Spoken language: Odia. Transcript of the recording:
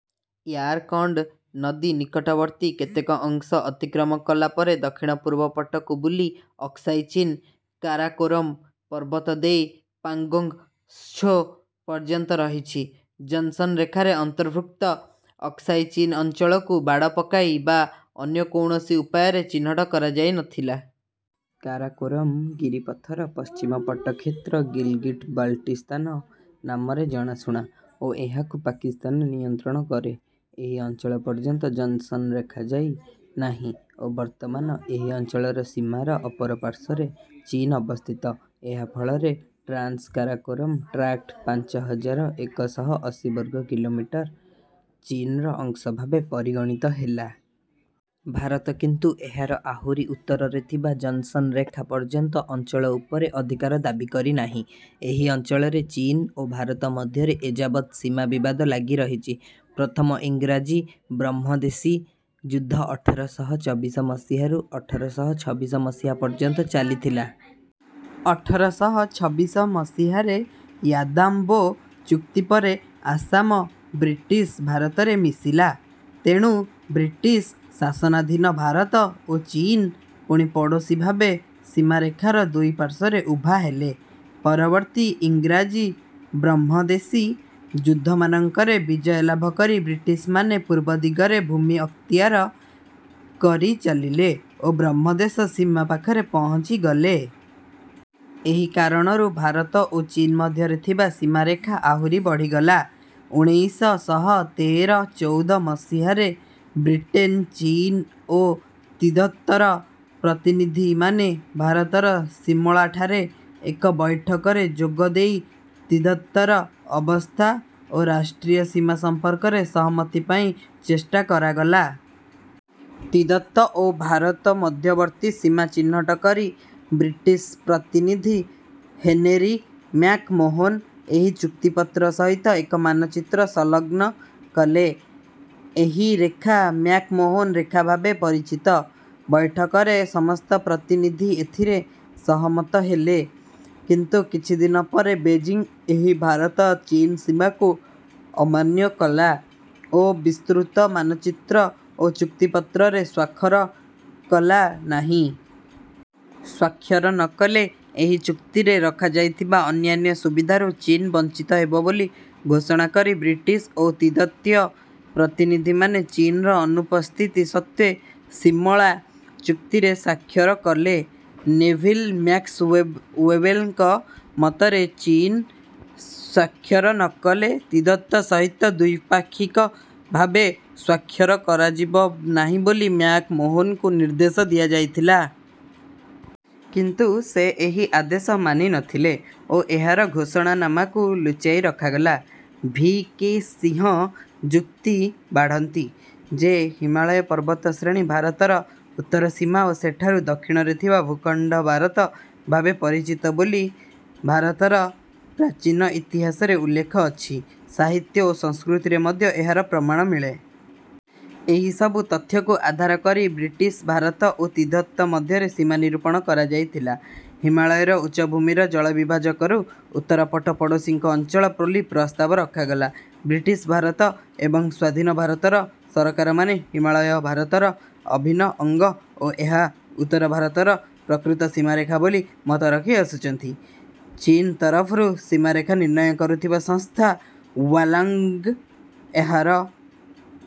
ୟାରକଣ୍ଡ୍ ନଦୀ ନିକଟବର୍ତ୍ତୀ କେତେକ ଅଂଶ ଅତିକ୍ରମ କଲା ପରେ ଦକ୍ଷିଣ-ପୂର୍ବ ପଟକୁ ବୁଲି ଅକ୍ସାଇ ଚୀନ୍, କାରାକୋରମ୍ ପର୍ବତ ଦେଇ ପାଙ୍ଗୋଙ୍ଗ୍ ତ୍ସୋ ପର୍ଯ୍ୟନ୍ତ ରହିଛି। ଜନ୍‌ସନ୍ ରେଖାରେ ଅନ୍ତର୍ଭୁକ୍ତ ଅକ୍ସାଇ ଚୀନ୍ ଅଞ୍ଚଳକୁ ବାଡ଼ ପକାଇ ବା ଅନ୍ୟ କୌଣସି ଉପାୟରେ ଚିହ୍ନଟ କରାଯାଇ ନ ଥିଲା। କାରାକୋରମ୍ ଗିରିପଥର ପଶ୍ଚିମ ପଟ କ୍ଷେତ୍ର ଗିଲ୍‌ଗିଟ୍-ବାଲ୍‌ଟିସ୍ତାନ ନାମରେ ଜଣାଶୁଣା ଓ ଏହାକୁ ପାକିସ୍ତାନ ନିୟନ୍ତ୍ରଣ କରେ। ଏହି ଅଞ୍ଚଳ ପର୍ଯ୍ୟନ୍ତ ଜନ୍‌ସନ୍ ରେଖା ଯାଇ ନାହିଁ ଓ ବର୍ତ୍ତମାନ ଏହି ଅଞ୍ଚଳର ସୀମାର ଅପରପାର୍ଶ୍ୱରେ ଚୀନ୍ ଅବସ୍ଥିତ। ଏହା ଫଳରେ ଟ୍ରାନ୍ସ କାରାକୋରମ୍ ଟ୍ରାକ୍ଟ୍ ପାଞ୍ଚ ହଜାର ଏକ ଶହ ଅଶୀ ବର୍ଗ କିଲୋମିଟର ଚୀନ୍‌ର ଅଂଶ ଭାବେ ପରିଗଣିତ ହେଲା। ଭାରତ କିନ୍ତୁ ଏହାର ଆହୁରି ଉତ୍ତରରେ ଥିବା ଜନ୍‌ସନ୍ ରେଖା ପର୍ଯ୍ୟନ୍ତ ଅଞ୍ଚଳ ଉପରେ ଅଧିକାର ଦାବି କରି ନାହିଁ। ଏହି ଅଞ୍ଚଳରେ ଚୀନ୍ ଓ ଭାରତ ମଧ୍ୟରେ ଏଯାବତ୍ ସୀମା ବିବାଦ ଲାଗି ରହିଛି। ପ୍ରଥମ ଇଂରାଜୀ-ବ୍ରହ୍ମଦେଶୀ ଯୁଦ୍ଧ ଅଠର ଶହ ଚବିଶ ମସିହାରୁ ଅଠର ଶହ ଛବିଶ ମସିହା ପର୍ଯ୍ୟନ୍ତ ଚାଲିଥିଲା। ଅଠର ଶହ ଛବିଶ ମସିହାରେ ୟାନ୍ଦାବୋ ଚୁକ୍ତି ପରେ ଆସାମ ବ୍ରିଟିଶ୍ ଭାରତରେ ମିଶିଲା। ତେଣୁ ବ୍ରିଟିଶ୍ ଶାସନାଧୀନ ଭାରତ ଓ ଚୀନ୍ ପୁଣି ପଡ଼ୋଶୀ ଭାବେ ସୀମାରେଖାର ଦୁଇ ପାର୍ଶ୍ୱରେ ଉଭା ହେଲେ। ପରବର୍ତ୍ତୀ ଇଂରାଜୀ-ବ୍ରହ୍ମଦେଶୀ ଯୁଦ୍ଧମାନଙ୍କରେ ବିଜୟ ଲାଭ କରି ବ୍ରିଟିଶ୍‌ମାନେ ପୂର୍ବ ଦିଗରେ ଭୂମି ଅକ୍ତିଆର କରି ଚାଲିଲେ ଓ ବ୍ରହ୍ମଦେଶ ସୀମା ପାଖରେ ପହଞ୍ଚିଗଲେ। ଏହି କାରଣରୁ ଭାରତ ଓ ଚୀନ୍ ମଧ୍ୟରେ ଥିବା ସୀମାରେଖା ଆହୁରି ବଢ଼ିଗଲା। ଉଣେଇଶ ଶହ ତେର-ଚଉଦ ମସିହାରେ ବ୍ରିଟେନ୍, ଚୀନ୍ ଓ ତିବ୍ଦତର ପ୍ରତିନିଧିମାନେ ଭାରତର ସିମଳାଠାରେ ଏକ ବୈଠକରେ ଯୋଗ ଦେଇ ତିବ୍ଦତର ଅବସ୍ଥା ଓ ରାଷ୍ଟ୍ରୀୟ ସୀମା ସମ୍ପର୍କରେ ସହମତି ପାଇଁ ଚେଷ୍ଟା କରାଗଲା। ତିବ୍ଦତ ଓ ଭାରତ ମଧ୍ୟବର୍ତ୍ତୀ ସୀମା ଚିହ୍ନଟ କରି ବ୍ରିଟିଶ୍ ପ୍ରତିନିଧି ହେନେରି ମ୍ୟାକ୍-ମୋହନ ଏହି ଚୁକ୍ତିପତ୍ର ସହିତ ଏକ ମାନଚିତ୍ର ସଂଲଗ୍ନ କଲେ। ଏହି ରେଖା ମ୍ୟାକ୍-ମୋହନ ରେଖା ଭାବେ ପରିଚିତ। ବୈଠକରେ ସମସ୍ତ ପ୍ରତିନିଧି ଏଥିରେ ସହମତ ହେଲେ କିନ୍ତୁ କିଛି ଦିନ ପରେ ବେଜିଂ ଏହି ଭାରତ-ଚୀନ୍ ସୀମାକୁ ଅମାନ୍ୟ କଲା ଓ ବିସ୍ତୃତ ମାନଚିତ୍ର ଓ ଚୁକ୍ତିପତ୍ରରେ ସ୍ୱାକ୍ଷର କଲା ନାହିଁ। ସ୍ୱାକ୍ଷର ନ କଲେ ଏହି ଚୁକ୍ତିରେ ରଖାଯାଇଥିବା ଅନ୍ୟାନ୍ୟ ସୁବିଧାରୁ ଚୀନ୍ ବଞ୍ଚିତ ହେବ ବୋଲି ଘୋଷଣା କରି ବ୍ରିଟିଶ୍ ଓ ତିବ୍ଦତୀୟ ପ୍ରତିନିଧିମାନେ ଚୀନ୍‌ର ଅନୁପସ୍ଥିତି ସତ୍ତ୍ୱେ ସିମଳା ଚୁକ୍ତିରେ ସ୍ୱାକ୍ଷର କଲେ। ନେଭିଲ୍ ମ୍ୟାକ୍ସୱେଲ୍‌ଙ୍କ ମତରେ ଚୀନ୍ ସ୍ୱାକ୍ଷର ନ କଲେ ତିବ୍ଦତ ସହିତ ଦ୍ୱିପାକ୍ଷିକ ଭାବେ ସ୍ୱାକ୍ଷର କରାଯିବ ନାହିଁ ବୋଲି ମ୍ୟାକ୍-ମୋହନଙ୍କୁ ନିର୍ଦ୍ଦେଶ ଦିଆଯାଇଥିଲା। କିନ୍ତୁ ସେ ଏହି ଆଦେଶ ମାନି ନ ଥିଲେ ଓ ଏହାର ଘୋଷଣାନାମାକୁ ଲୁଚାଇ ରଖାଗଲା। ଭି. କେ. ସିଂହ ଯୁକ୍ତି ବାଢ଼ନ୍ତି ଯେ ହିମାଳୟ ପର୍ବତଶ୍ରେଣୀ ଭାରତର ଉତ୍ତର ସୀମା ଓ ସେଠାରୁ ଦକ୍ଷିଣରେ ଥିବା ଭୂଖଣ୍ଡ ଭାରତ ଭାବେ ପରିଚିତ ବୋଲି ଭାରତର ପ୍ରାଚୀନ ଇତିହାସରେ ଉଲ୍ଲେଖ ଅଛି, ସାହିତ୍ୟ ଓ ସଂସ୍କୃତିରେ ମଧ୍ୟ ଏହାର ପ୍ରମାଣ ମିଳେ। ଏହି ସବୁ ତଥ୍ୟକୁ ଆଧାର କରି ବ୍ରିଟିଶ୍ ଭାରତ ଓ ତିବ୍ଦତ ମଧ୍ୟରେ ସୀମା ନିରୂପଣ କରାଯାଇଥିଲା। ହିମାଳୟର ଉଚ୍ଚଭୂମିର ଜଳବିଭାଜକରୁ ଉତ୍ତର ପଟ ପଡ଼ୋଶୀଙ୍କ ଅଞ୍ଚଳ ବୋଲି ପ୍ରସ୍ତାବ ରଖାଗଲା। ବ୍ରିଟିଶ୍ ଭାରତ ଏବଂ ସ୍ୱାଧୀନ ଭାରତର ସରକାରମାନେ ହିମାଳୟ ଭାରତର ଅଭିନ୍ନ ଅଙ୍ଗ ଓ ଏହା ଉତ୍ତର ଭାରତର ପ୍ରକୃତ ସୀମାରେଖା ବୋଲି ମତ ରଖିଆସୁଛନ୍ତି। ଚୀନ୍ ତରଫରୁ ସୀମାରେଖା ନିର୍ଣ୍ଣୟ କରୁଥିବା ସଂସ୍ଥା ୱାଲୋଙ୍ଗ୍ ଏହାର